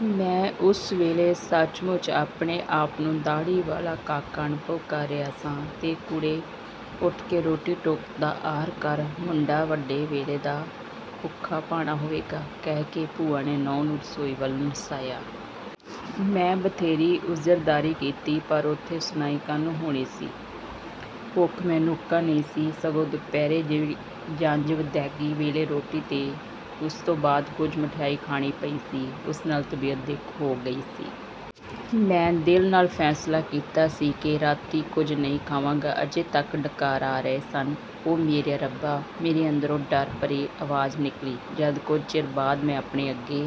" ਮੈਂ ਉਸ ਵੇਲੇ ਸੱਚ ਮੁੱਚ ਆਪਣੇ ਆਪ ਨੂੰ ਦਾਹੜੀ ਵਾਲਾ ਕਾਕਾ ਅਨੁਭਵ ਕਰ ਰਿਹਾ ਸਾਂ। "ਤੇ ਕੁੜੇ ਉਠ ਕੇ ਰੋਟੀ ਟੁਕ ਦਾ ਆਹਰ ਕਰ। ਮੁੰਡਾ ਵੱਡੇ ਵੇਲੇ ਦਾ ਭੁੱਖਾ ਭਾਣਾ ਹੋਵੇਗਾ। " ਕਹਿ ਕੇ ਭੂਆ ਨੇ ਨੂੰਹ ਨੂੰ ਰਸੋਈ ਵੱਲ ਨਸਾਇਆ। ਮੈਂ ਬਥੇਰੀ ਉਜ਼ਰਦਾਰੀ ਕੀਤੀ, ਪਰ ਉਥੇ ਸੁਣਾਈ ਕਾਹਨੂੰ ਹੋਣੀ ਸੀ। ਭੁੱਖ ਮੈਨੂੰ ਉੱਕਾ ਨਹੀਂ ਸੀ, ਸਗੋਂ ਦੁਪਹਿਰੇ ਜਿਹੜੀ ਜੰਞ ਵਿਦੈਗੀ ਵੇਲੇ ਰੋਟੀ ਤੇ ਉਸ ਤੋਂ ਬਾਅਦ ਕੁਝ ਮਠਿਆਈ ਖਾਣੀ ਪਈ ਸੀ, ਉਸ ਨਾਲ ਤਬੀਅਤ ਦਿਕ ਹੋ ਗਈ ਸੀ। ਮੈਂ ਦਿਲ ਨਾਲ ਫੈਸਲਾ ਕੀਤਾ ਸੀ ਕਿ ਰਾਤੀਂ ਕੁਝ ਨਹੀਂ ਖਾਵਾਂਗਾ। ਅਜੇ ਤੱਕ ਡਕਾਰ ਆ ਰਹੇ ਸਨ। "ਓ ਮੇਰਿਆ ਰੱਬਾ" ਮੇਰੇ ਅੰਦਰੋਂ ਡਰ ਭਰੀ ਆਵਾਜ਼ ਨਿਕਲੀ, ਜਦ ਕੁਝ ਚਿਰ ਬਾਅਦ ਮੈਂ ਆਪਣੇ ਅੱਗੇ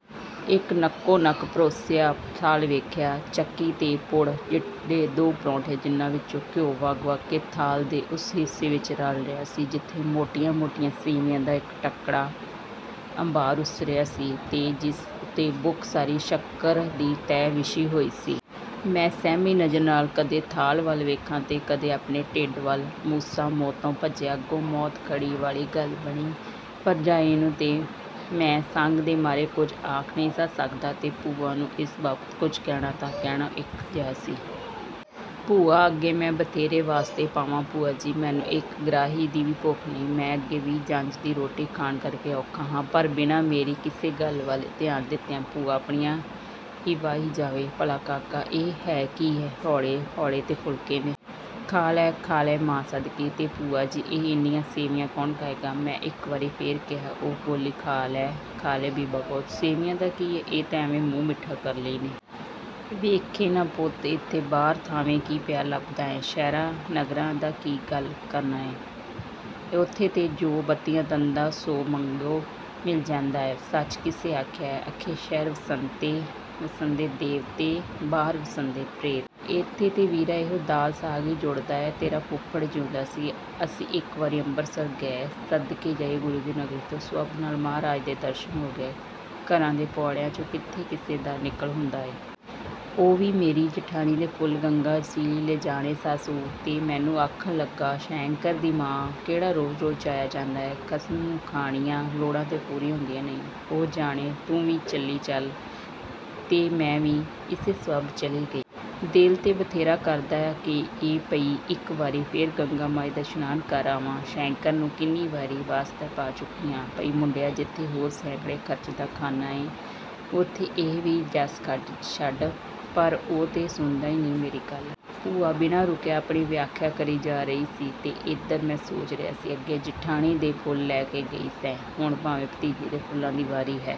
ਇਕ ਨੱਕੋ ਨੱਕ ਪਰੋਸਿਆ ਥਾਲ ਵੇਖਿਆ, ਚੱਕੀ ਦੇ ਪੁੜ ਜਿੱਡੇ ਦੋ ਪਰੌਂਠੇ ਜਿਨ੍ਹਾਂ ਵਿਚੋਂ ਘਿਉ ਵਗ ਵਗ ਕੇ ਥਾਲ ਦੇ ਉਸ ਹਿੱਸੇ ਵਿਚ ਰਲ ਰਿਹਾ ਸੀ ਜਿਥੇ ਮੋਟੀਆਂ ਮੋਟੀਆਂ ਸੇਵੀਆਂ ਦਾ ਇਕ ਤਕੜਾ ਅੰਬਾਰ ਉਸਰਿਆ ਸੀ, ਤੇ ਜਿਸ ਉਤੇ ਬੁੱਕ ਸਾਰੀ ਸ਼ੱਕਰ ਦੀ ਤਹਿ ਵਿਛੀ ਹੋਈ ਸੀ। ਮੈਂ ਸਹਿਮੀ ਨਜ਼ਰ ਨਾਲ ਕਦੇ ਥਾਲ ਵੱਲ ਵੇਖਾਂ ਤੇ ਕਦੇ ਆਪਣੇ ਢਿੱਡ ਵੱਲ। "ਮੂਸਾ ਮੌਤੋਂ ਭੱਜਿਆ, ਅੱਗੋਂ ਮੌਤ ਖੜੀ" ਵਾਲੀ ਗੱਲ ਬਣੀ। ਭਰਜਾਈ ਨੂੰ ਤੇ ਮੈਂ ਸੰਗ ਦੇ ਮਾਰੇ ਕੁਝ ਆਖ ਨਹੀਂ ਸਾਂ ਸਕਦਾ, ਤੇ ਭੂਆ ਨੂੰ ਏਸ ਬਾਬਤ ਕੁਝ ਕਹਿਣਾ, ਨਾ ਕਹਿਣਾ ਇਕੋ ਜਿਹਾ ਸੀ। ਭੂਆ ਅੱਗੇ ਮੈਂ ਬਥੇਰੇ ਵਾਸਤੇ ਪਾਵਾਂ, "ਭੂਆ ਜੀ, ਮੈਨੂੰ ਇਕ ਗਰਾਹੀ ਦੀ ਵੀ ਭੁੱਖ ਨਹੀਂ, ਮੈਂ ਅੱਗੇ ਹੀ ਜੰਞ ਦੀ ਰੋਟੀ ਖਾਣ ਕਰ ਕੇ ਔਖਾ ਹਾਂ", ਪਰ ਬਿਨਾਂ ਮੇਰੀ ਕਿਸੇ ਗੱਲ ਵੱਲ ਧਿਆਨ ਦਿੱਤਿਆਂ ਭੂਆ ਆਪਣੀਆਂ ਹੀ ਵਾਹੀ ਜਾਵੇ, "ਭਲਾ ਕਾਕਾ, ਇਹ ਹੈ ਕੀ ਏ, ਹੌਲੇ ਹੌਲੇ ਤੇ ਫੁਲਕੇ ਨੇ। ਖਾ ਲੈ, ਖਾ ਲੈ ਮਾਂ ਸਦਕੇ। " "ਤੇ ਭੂਆ ਜੀ, ਇਹ ਏਨੀਆਂ ਸੇਵੀਆਂ ਕੌਣ ਖਾਏਗਾ? " ਮੈਂ ਇਕ ਵਾਰੀ ਫੇਰ ਕਿਹਾ। ਉਹ ਬੋਲੀ, "ਖਾ ਲੈ, ਖਾ ਲੈ, ਬੀਬਾ ਪੁੱਤ। ਸੇਵੀਆਂ ਦਾ ਕੀ ਏ, ਇਹ ਤੇ ਐਵੇਂ ਮੂੰਹ ਮਿੱਠਾ ਕਰਨ ਲਈ ਨੇ। ਵੇਖੇਂ ਨਾ ਪੁੱਤ, ਏਥੇ ਬਾਹਰ ਥਾਵੇਂ ਕੀ ਪਿਆ ਲੱਭਦਾ ਏ। ਸ਼ਹਿਰਾਂ ਨਗਰਾਂ ਦੀ ਕੀ ਗੱਲ ਕਰਨਾ ਏ, ਉਥੇ ਤੇ ਜੋ ਬੱਤੀਆਂ ਦੰਦਾਂ 'ਚੋਂ ਮੰਗੋ, ਮਿਲ ਜਾਂਦਾ ਏ। ਸੱਚ ਕਿਸੇ ਆਖਿਆ ਏ, ਅਖੇ 'ਸ਼ਹਿਰ ਵਸੰਦੇ ਦੇਵਤੇ ਬਾਹਰ ਵਸੰਦੇ ਪ੍ਰੇਤ'। ਏਥੇ ਤੇ ਵੀਰਾ ਇਹੋ ਦਾਲ ਸਾਗ ਈ ਜੁੜਦਾ ਏ। ਤੇਰਾ ਫੁਫੜ ਜਿਊਂਦਾ ਸੀ, ਅਸੀਂ ਇਕ ਵਾਰੀ ਅੰਬਰਸਰ ਗਏ। ਸਦਕੇ ਜਾਈਏ ਗੁਰੂ ਦੀ ਨਗਰੀ ਤੋਂ। ਸਬੱਬ ਨਾਲ ਮਹਾਰਾਜ ਦੇ ਦਰਸ਼ਨ ਹੋ ਗਏ, ਘਰਾਂ ਦੇ ਪੁਆੜਿਆਂ 'ਚੋਂ ਕਿਥੇ ਕਿਸੇ ਦਾ ਨਿਕਲ ਹੁੰਦਾ ਏ। ਉਹ ਵੀ ਮੇਰੀ ਜਠਾਣੀ ਦੇ ਫੁੱਲ ਗੰਗਾ ਜੀ ਲਿਜਾਣੇ ਸਾ ਸੂ, ਤੇ ਮੈਨੂੰ ਆਖਣ ਲੱਗਾ, 'ਸ਼ੈਂਕਰ ਦੀ ਮਾਂ, ਕਿਹੜਾ ਰੋਜ਼ ਰੋਜ਼ ਜਾਇਆ ਜਾਂਦਾ ਏ, ਖਸਮ ਨੂੰ ਖਾਣੀਆਂ ਲੋੜਾਂ ਤੇ ਪੂਰੀਆਂ ਹੁੰਦੀਆਂ ਨਹੀਂ, ਉਹ ਜਾਣੇ ਤੂੰ ਵੀ ਚਲੀ ਚੱਲ', ਤੇ ਮੈਂ ਵੀ ਇਸੇ ਸਬੱਬ ਚਲੀ ਗਈ। ਦਿਲ ਤੇ ਬਥੇਰਾ ਕਰਦਾ ਏ ਪਈ ਇਕ ਵਾਰੀ ਫੇਰ ਗੰਗਾ ਮਾਈ ਦਾ ਇਸ਼ਨਾਨ ਕਰ ਆਵਾਂ, ਸ਼ੈਂਕਰ ਨੂੰ ਕਿੰਨੀ ਵੇਰਾਂ ਵਾਸਤੇ ਪਾ ਚੁੱਕੀ ਆਂ, ਪਈ ਮੁੰਡਿਆ ਜਿਥੇ ਹੋਰ ਸੈਂਕੜੇ ਖਰਚਦਾ ਖਾਨਾ ਏਂ, ਉਥੇ ਇਹ ਵੀ ਜੱਸ ਖੱਟ ਛੱਡ, ਪਰ ਉਹ ਤੇ ਸੁਣਦਾ ਈ ਨਹੀਂ ਮੇਰੀ ਗੱਲ। " ਭੂਆ ਬਿਨਾਂ ਰੁਕਿਆ ਆਪਣੀ ਵਿਆਖਿਆ ਕਰੀ ਜਾ ਰਹੀ ਸੀ, ਤੇ ਏਧਰ ਮੈਂ ਸੋਚ ਰਿਹਾ ਸਾਂ, "ਅੱਗੇ ਜਿਠਾਣੀ ਦੇ ਫੁੱਲ ਲੈ ਕੇ ਗਈ ਸੈਂ, ਹੁਣ ਭਾਵੇਂ ਭਤੀਜੇ ਦੇ ਫੁੱਲਾਂ ਦੀ ਵਾਰੀ ਹੈ।